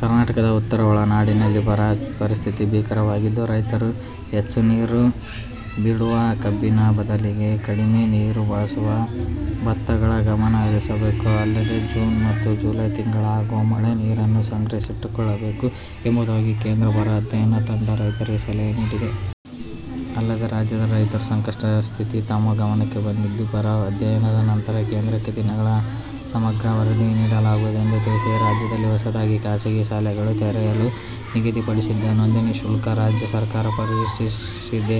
ಕರ್ನಾಟಕದ ಉತ್ತರ ಒಳನಾಡಿನಲ್ಲಿ ಬರ ಪರಿಸ್ಥಿತಿ ಭೀಕರವಾಗಿದ್ದು, ರೈತರು ಹೆಚ್ಚು ನೀರು ಬೇಡುವ ಕಬ್ಬಿನ ಬದಲಿಗೆ ಕಡಿಮೆ ನೀರು ಬಳಸುವ ಬೆಳೆಗಳತ್ತ ಗಮನ ಹರಿಸಬೇಕು. ಅಲ್ಲದೆ, ಜೂನ್ ಮತ್ತು ಜುಲೈ ತಿಂಗಳು ಆಗುವ ಮಳೆ ನೀರನ್ನು ಸಂಗ್ರಹಿಸಿಟ್ಟುಕೊಳ್ಳಬೇಕು ಎಂಬುದಾಗಿ ಕೇಂದ್ರ ಬರ ಅಧ್ಯಯನ ತಂಡ ರೈತರಿಗೆ ಸಲಹೆ ನೀಡಿದೆ. ಅಲ್ಲದೆ, ರಾಜ್ಯದಲ್ಲಿ ರೈತರ ಸಂಕಷ್ಟದ ಸ್ಥಿತಿ ತಮ್ಮ ಗಮನಕ್ಕೆ ಬಂದಿದ್ದು, ಬರ ಅಧ್ಯಯನ ನಂತರ ಕೇಂದ್ರಕ್ಕೆ ದಿನಗಳಲ್ಲಿ ಸಮಗ್ರ ವರದಿ ಸಲ್ಲಿಸಲಾಗುವುದು ಎಂದು ತಿಳಿಸಿದೆ. ರಾಜ್ಯದಲ್ಲಿ ಹೊಸದಾಗಿ ಖಾಸಗಿ ಶಾಲೆಗಳನ್ನು ತೆರೆಯಲು ನಿಗದಿಪಡಿಸಿದ್ದ ನೋಂದಣಿ ಶುಲ್ಕವನ್ನು ರಾಜ್ಯ ಸರ್ಕಾರ ಪರಿಷ್ಕರಿಸಿದೆ.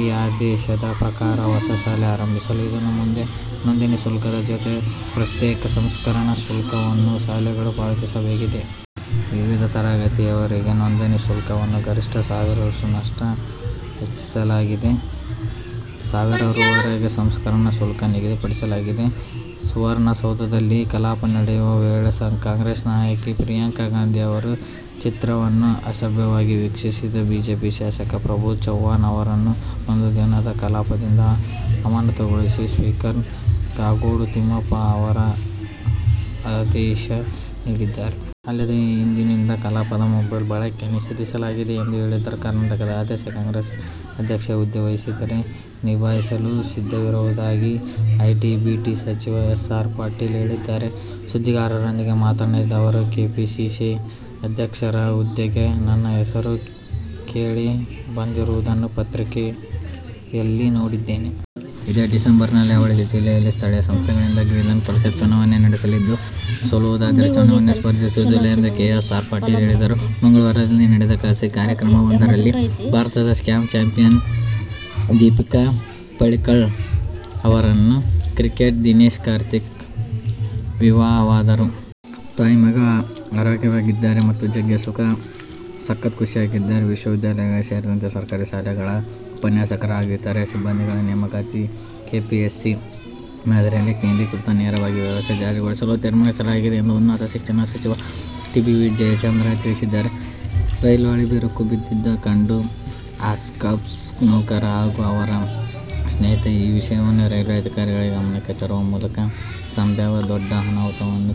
ಈ ಆದೇಶದ ಪ್ರಕಾರ ಹೊಸ ಶಾಲೆ ಆರಂಭಿಸಲು ಇನ್ನು ಮುಂದೆ ನೋಂದಣಿ ಶುಲ್ಕದ ಜತೆಗೆ ಪ್ರತ್ಯೇಕ ಸಂಸ್ಕರಣ ಶುಲ್ಕವನ್ನೂ ಶಾಲೆಗಳು ಪಾವತಿಸಬೇಕಿದೆ. ವಿವಿಧ ತರಗತಿವರೆಗೆ ನೋಂದಣಿ ಶುಲ್ಕವನ್ನು ಗರಿಷ್ಠ ಸಾವಿರ ರೂ. ನಷ್ಟು ಹೆಚ್ಚಿಸಲಾಗಿದ್ದು, ಸಾವಿರ ರೂ. ವರೆಗೆ ಸಂಸ್ಕರಣ ಶುಲ್ಕ ನಿಗದಿಮಾಡಲಾಗಿದೆ. ಸುವರ್ಣಸೌಧದಲ್ಲಿ ಕಲಾಪ ನಡೆಯುವ ವೇಳೆ ಕಾಂಗ್ರೆಸ್ ನಾಯಕಿ ಪ್ರಿಯಾಂಕಾ ಗಾಂಧಿ ಅವರ ಚಿತ್ರವನ್ನು ಅಸಭ್ಯವಾಗಿ ವೀಕ್ಷಿಸಿದ ಬಿಜೆಪಿ ಶಾಸಕ ಪ್ರಭು ಚವಾಣ್ ಅವರನ್ನು ಒಂದು ದಿನಗಳ ಕಲಾಪದಿಂದ ಅಮಾನತುಗೊಳಿಸಿ ಸ್ಪೀಕರ್ ಕಾಗೋಡು ತಿಮ್ಮಪ್ಪ ಆದೇಶ ನೀಡಿದ್ದಾರೆ. ಅಲ್ಲದೇ ಇಂದಿನಿಂದ ಕಲಾಪದಲ್ಲಿ ಮೊಬೈಲ್ ಬಳಕೆ ನಿಷೇಧಿಸಲಾಗಿದೆ ಎಂದು ಹೇಳಿದರು. ಕರ್ನಾಟಕ ಪ್ರದೇಶ ಕಾಂಗ್ರೆಸ್ ಅಧ್ಯಕ್ಷ ಹುದ್ದೆ ವಹಿಸಿದರೆ ನಿಭಾಯಿಸಲು ಸಿದ್ಧವಿರುವುದಾಗಿ ಐಟಿ- ಬಿಟಿ ಸಚಿವ ಎಸ್. ಆರ್. ಪಾಟೀಲ ಹೇಳಿದ್ದಾರೆ. ಸುದ್ದಿಗಾರರೊಂದಿಗೆ ಮಾತನಾಡಿದ ಅವರು, ಕೆಪಿಸಿಸಿ ಅಧ್ಯಕ್ಷರ ಹುದ್ದೆಗೆ ನನ್ನ ಹೆಸರು ಕೇಳಿ ಬಂದಿರುವುದನ್ನು ಪತ್ರಿಕೆಗಳಲ್ಲಿ ನೋಡಿದ್ದೇನೆ. ಇದೇ ಡಿಸೆಂಬರ್ನಲ್ಲಿ ಅವಳಿ ಜಿಲ್ಲೆಯ ಸ್ಥಳೀಯ ಸಂಸ್ಥೆಗಳಿಂದ ವಿಧಾನ ಪರಿಷತ್ಗೆ ಚುನಾವಣೆ ನಡೆಯಲಿದ್ದು, ಸೋಲುವುದಾದರೆ ಚುನಾವಣೆಗೆ ಸ್ಪರ್ಧಿಸುವುದಿಲ್ಲ ಎಂದು ಎಸ್. ಆರ್. ಪಾಟೀಲ ಹೇಳಿದರು. ಮಂಗಳವಾರ ಇಲ್ಲಿ ನಡೆದ ಖಾಸಗಿ ಕಾರ್ಯಕ್ರಮವೊಂದರಲ್ಲಿ ಭಾರತದ ಸ್ಕ್ವಾಷ್ ಚಾಂಪಿಯನ್ ದೀಪಿಕಾ ಪಳ್ಳೀಕಲ್ ಅವರನ್ನು ಕ್ರಿಕೆಟಿಗ ದಿನೇಶ್ ಕಾರ್ತಿಕ್ ವಿವಾಹವಾದರು. ತಾಯಿ-ಮಗು ಆರೋಗ್ಯವಾಗಿದ್ದಾರೆ ಮತ್ತು ಜಗ್ಗೇಶ್ ಸಖತ್ ಖುಷಿಯಾಗಿದ್ದಾರೆ. ವಿಶ್ವವಿದ್ಯಾಲಯಗಳು ಸೇರಿದಂತೆ ಸರ್ಕಾರಿ ಕಾಲೇಜುಗಳ ಉಪನ್ಯಾಸಕರು ಹಾಗೂ ಇತರೆ ಸಿಬ್ಬಂದಿ ನೇಮಕಾತಿಗಾಗಿ ಕೆಪಿಎಸ್ಸಿ ಮಾದರಿಯಲ್ಲೇ ಕೇಂದ್ರೀಕೃತ ನೇಮಕಾತಿ ವ್ಯವಸ್ಥೆ ಜಾರಿಗೊಳಿಸಲು ತೀರ್ಮಾನಿಸಲಾಗಿದೆ ಎಂದು ಉನ್ನತ ಶಿಕ್ಷಣ ಸಚಿವ ಟಿ. ಬಿ. ಜಯಚಂದ್ರ ತಿಳಿಸಿದ್ದಾರೆ. ರೈಲು ಹಳಿ ಬಿರುಕು ಬಿಟ್ಟಿದ್ದನ್ನು ಕಂಡ ಹಾಪ್ಕಾಮ್ಸ್ ನೌಕರ ಹಾಗೂ ಅವರ ಸ್ನೇಹಿತ ಈ ವಿಷಯವನ್ನು ರೈಲ್ವೆ ಅಧಿಕಾರಿಗಳ ಗಮನಕ್ಕೆ ತರುವ ಮೂಲಕ ಸಂಭಾವ್ಯ ದೊಡ್ಡ ಅನಾಹುತವನ್ನು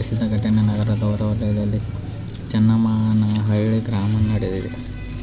ತಪ್ಪಿಸಿದ ಘಟನೆ ನಗರದ ಹೊರವಲಯದ ಚನ್ನಮಾನಹಳ್ಳಿ ಗ್ರಾಮದಲ್ಲಿ ನಡೆದಿದೆ.